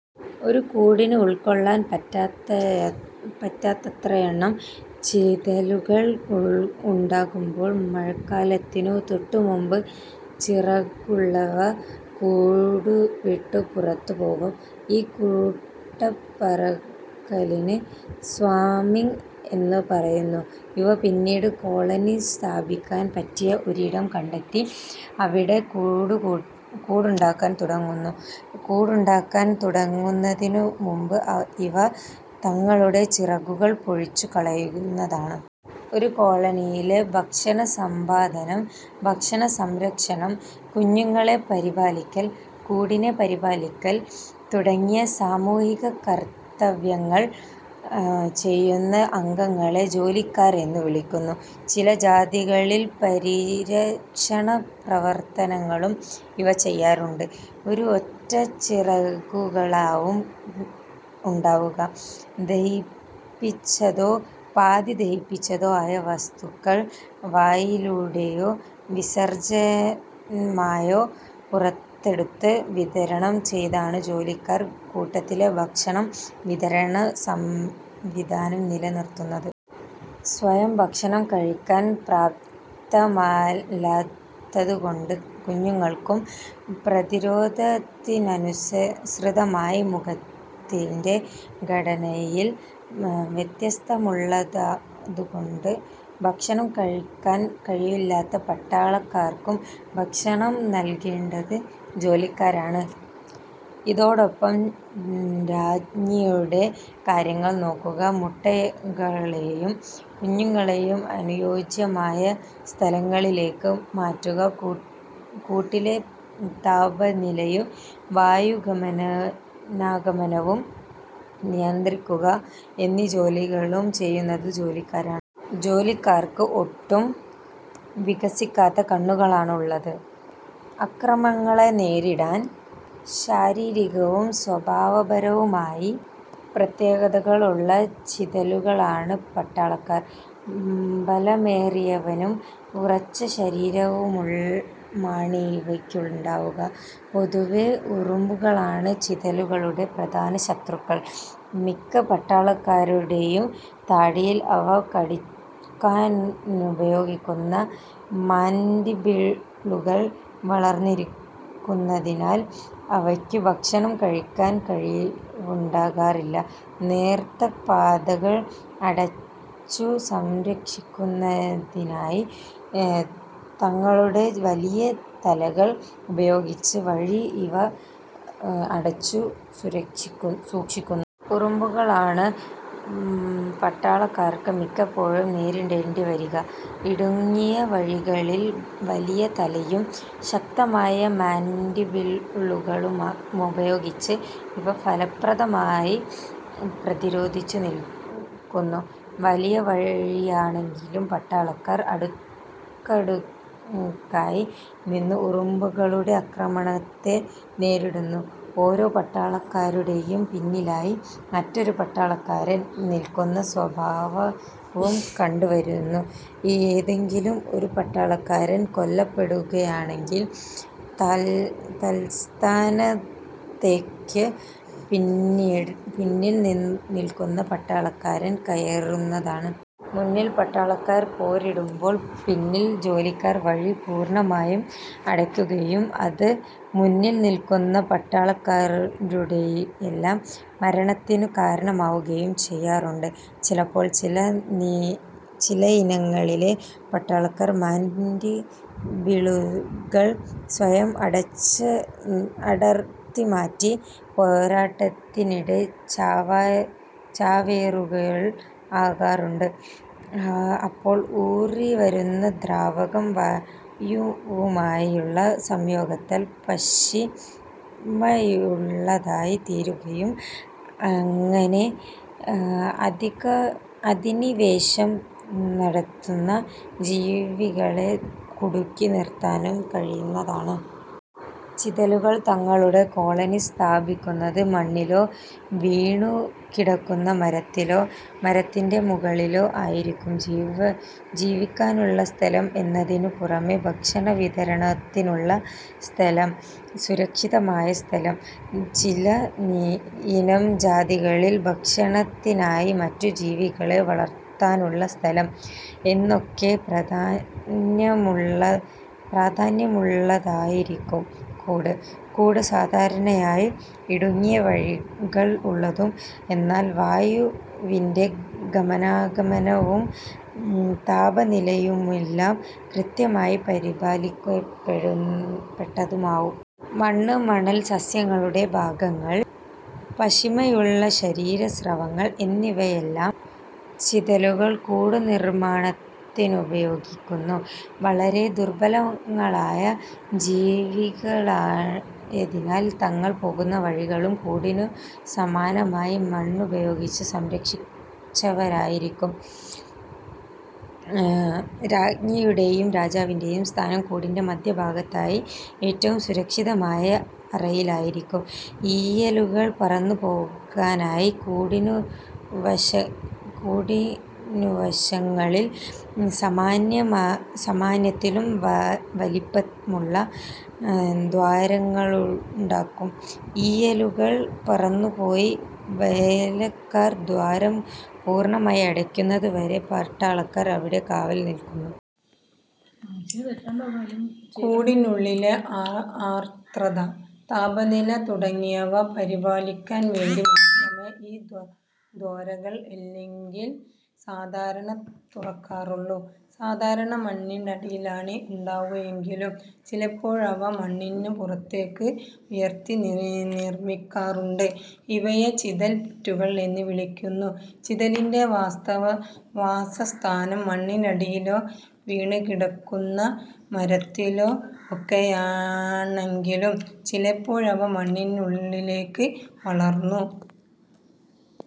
ഒരു കൂടിനു ഉൾക്കൊള്ളാൻപറ്റാത്ത പറ്റാത്തത്രയെണ്ണം ചിതലുകൾ ഉണ്ടാകുമ്പോൾ മഴക്കാലത്തിനു തൊട്ടുമുമ്പ് ചിറകുള്ളവ കൂടുവിട്ടു പുറത്തു പോകുന്നു. ഈ കൂട്ടപ്പറക്കലിന് ''സ്വാമിങ്'' എന്നു പറയുന്നു. ഇവ പിന്നീട് കോളനി സ്ഥാപിക്കാൻ പറ്റിയ ഒരിടം കണ്ടെത്തി അവിടെ കൂടുണ്ടാക്കാൻ തുടങ്ങുന്നു. കൂടുണ്ടാക്കാൻ തുടങ്ങുന്നതിനു മുമ്പ് ഇവ തങ്ങളുടെ ചിറകുകൾ പൊഴിച്ചു കളയുന്നതാണ്. ഒരു കോളനിയിലെ ഭക്ഷണ സമ്പാദനം, ഭക്ഷണ സംരക്ഷണം, കുഞ്ഞുങ്ങളെ പരിപാലിക്കൽ, കൂടിന്റെ പരിപാലിക്കൽ തുടങ്ങിയ സാമൂഹിക കർത്തവ്യങ്ങൾ ചെയ്യുന്ന അംഗങ്ങളെ ജോലിക്കാർ എന്നു വിളിക്കുന്നു. ചില ജാതികളിൽ പരിരക്ഷണ പ്രവർത്തനങ്ങളും ഇവ ചെയ്യാറുണ്ട്. ഒരു ഒറ്റച്ചിറകുകളാവും ഉണ്ടാവുക. ദഹിപ്പിച്ചതോ പാതി ദഹിപ്പിച്ചതോ ആയ വസ്തുക്കൾ വായിലൂടെയോ വിസർജ്ജ്യമായോ പുറത്തെടുത്ത് വിതരണം ചെയ്താണ് ജോലിക്കാർ കൂട്ടിലെ ഭക്ഷണ വിതരണ സംവിധാനം നിലനിർത്തുന്നത്. സ്വയം ഭക്ഷണം കഴിക്കാൻ പ്രാപ്തമല്ലാത്തതുകൊണ്ട് കുഞ്ഞുങ്ങൾക്കും, പ്രതിരോധത്തിനനുസൃതമായി മുഖത്തിന്റെ ഘടനയിൽ വ്യത്യാസമുള്ളതുകൊണ്ട് ഭക്ഷണം കഴിക്കാൻ കഴിവില്ലാത്ത പട്ടാളക്കാർക്കും ഭക്ഷണം നൽകേണ്ടത് ജോലിക്കാരാണ്. ഇതോടൊപ്പം രാജ്ഞിയുടെ കാര്യങ്ങൾ നോക്കുക, മുട്ടകളേയും കുഞ്ഞുങ്ങളേയും അനുയോജ്യമായ സ്ഥലങ്ങളിലേയ്ക്ക് മാറ്റുക, കൂട്ടിലെ താപനിലയും വായൂ ഗമനാഗമനവും നിയന്ത്രിക്കുക എന്നീ ജോലികളും ചെയ്യുന്നത് ജോലിക്കാരാണ്. ജോലിക്കാർക്ക് ഒട്ടും വികസിക്കാത്ത കണ്ണുകളാണുള്ളത്. ആക്രമണങ്ങളെ നേരിടാൻ ശാരീരികവും സ്വഭാവപരവുമായ പ്രത്യേകതകൾ ഉള്ള ചിതലുകളാണ് പട്ടാളക്കാർ. ബലമേറിയവയും ഉറച്ചശരീരവുമാണിവയ്ക്കുണ്ടാവുക. പൊതുവേ ഉറുമ്പുകളാണ് ചിതലുകളുടെ പ്രധാന ശത്രുക്കൾ. മിക്ക പട്ടാളക്കാരുടേയും താടിയിൽ അവ കടിക്കാനുപയോഗിക്കുന്ന മാൻഡിബിളുകൾ വളർന്നിരിക്കുന്നതിനാൽ അവയ്ക്ക് ഭക്ഷണം കഴിയ്ക്കാൻ കഴിവുണ്ടാകാറില്ല. നേർത്ത പാതകൾ അടച്ചുസംരക്ഷിക്കുന്നതിനായി തങ്ങളുടെ വലിയ തലകൾ ഉപയോഗിച്ച് വഴി ഇവ അടച്ചു സൂക്ഷിക്കുന്നു. ഉറുമ്പുകളെയാണ് പട്ടാളക്കാർക്ക് മിക്കപ്പോഴും നേരിടേണ്ടിവരിക. ഇടുങ്ങിയ വഴികളിൽ വലിയ തലയും ശക്തമായ മാൻഡിബിളുകളുമുപയോഗിച്ച് ഇവ ഫലപ്രദമായി പ്രതിരോധിച്ചു നിൽക്കുന്നു. വലിയ വഴിയാണെങ്കിൽ പട്ടാളക്കാർ അടുക്കടുക്കായി നിന്ന് ഉറുമ്പുകളുടെ ആക്രമണത്തെ നേരിടുന്നു. ഓരോ പട്ടാളക്കാരുടെയും പിന്നിലായി മറ്റൊരു പട്ടാളക്കാരൻ നിൽക്കുന്ന സ്വഭാവവും കണ്ടു വരുന്നു. ഏതെങ്കിലും ഒരു പട്ടാളക്കാരൻ കൊല്ലപ്പെടുകയാണെങ്കിൽ തത്സ്ഥാനത്തേയ്ക്ക് പിന്നിൽ നിൽക്കുന്ന പട്ടാളക്കാരൻ കയറുന്നതാണ്. മുന്നിൽ പട്ടാളക്കാർ പോരാടുമ്പോൾ പിന്നിൽ ജോലിക്കാർ വഴി പൂർണ്ണമായും അടയ്ക്കുകയും അത് മുന്നിൽ നിൽക്കുന്ന പട്ടാളക്കാരുടെയെല്ലാം മരണത്തിനു കാരണമാവുകയും ചെയ്യാറുണ്ട്. ചിലപ്പോൾ ചിലയിനങ്ങളിലെ പട്ടാളക്കാർ മാൻഡിബിളുകൾ സ്വയം അടർത്തിമാറ്റി പോരാട്ടത്തിനിടെ ചാവേറുകൾ ആകാറുണ്ട്. അപ്പോൾ ഊറിവരുന്ന ദ്രാവകം വായുവുമായുള്ള സംയോഗത്താൽ പശിമയുള്ളതായി തീരുകയും അങ്ങനെ അധിനിവേശം നടത്തുന്ന ജീവികളെ കുടുക്കി നിർത്താനും കഴിയുന്നതാണ്. ചിതലുകൾ തങ്ങളുടെ കോളനി സ്ഥാപിക്കുന്നത്, മണ്ണിലോ, വീണുകിടക്കുന്ന മരത്തിലോ, മരത്തിന്റെ മുകളിലോ ആയിരിക്കും. ജീവിക്കാനുള്ള സ്ഥലം എന്നതിനു പുറമേ ഭക്ഷണവിതരണത്തിനുള്ള സ്ഥലം, സുരക്ഷിതമായ സ്ഥലം, ചിലയിനം ജാതികളിൽ ഭക്ഷണത്തിനായി മറ്റു ജീവികളെ വളർത്താനുള്ള സ്ഥലം എന്നൊക്കെ പ്രാധാന്യമുള്ളതായിരിക്കും കൂട്. കൂട് സാധാരണയായി ഇടുങ്ങിയ വഴികൾ ഉള്ളതും എന്നാൽ വായുവിന്റെ ഗമനാഗമനവും താപനിലയുമെല്ലാം കൃത്യമായി പരിപാലിക്കപ്പെട്ടതുമാവും. മണ്ണ്, മണൽ, സസ്യങ്ങളുടെ ഭാഗങ്ങൾ, പശിമയുള്ള ശരീരസ്രവങ്ങൾ എന്നിവയെല്ലാം ചിതലുകൾ കൂടുനിർമ്മാണത്തിനുപയോഗിക്കുന്നു. വളരെ ദുർബലങ്ങളായ ജീവികളായതിനാൽ തങ്ങൾ പോകുന്ന വഴികളും കൂടിനു സമാനമായി മണ്ണുപയോഗിച്ച് സംരക്ഷിച്ചവയായിരിക്കും. രാജ്ഞിയുടേയും രാജാവിന്റെയും സ്ഥാനം കൂടിന്റെ മദ്ധ്യഭാഗത്തായി ഏറ്റവും സുരക്ഷിതമായ അറയിലായിരിക്കും. ഈയലുകൾ പറന്നു പോകാനായി കൂടിനുവശങ്ങളിൽ സാമാന്യത്തിലും വലിപ്പമുള്ള ദ്വാരങ്ങളുണ്ടാകും, ഈയലുകൾ പറന്നു പോയി വേലക്കാർ ദ്വാരം പൂർണ്ണമായി അടയ്ക്കുന്നതുവരെ പട്ടാളക്കാർ ഇവിടെ കാവൽ നിൽക്കുന്നു. കൂടിനുള്ളിലെ ആർദ്രത, താപനില തുടങ്ങിയവ പരിപാലിക്കാൻ വേണ്ടി മാത്രമേ ഈ ദ്വാരങ്ങൾ അല്ലെങ്കിൽ സാധാരണ തുറക്കാറുള്ളു. സാധാരണ മണ്ണിനടിയിലാണ് ഉണ്ടാവുകയെങ്കിലും ചിലപ്പോളവ മണ്ണിനു പുറത്തെയ്ക്ക് ഉയർത്തി നിർമ്മിക്കാറുണ്ട്. ഇവയെ ചിതൽ പുറ്റുകൾ എന്നു വിളിക്കുന്നു. ചിതലിന്റെ വാസസ്ഥാനം മണ്ണിനടിയിലോ വീണുകിടക്കുന്ന മരത്തിലോ ഒക്കെയാണെങ്കിലും ചിലപ്പോഴവ മണ്ണിനു മുകളിലേയ്ക്ക് വളർന്നു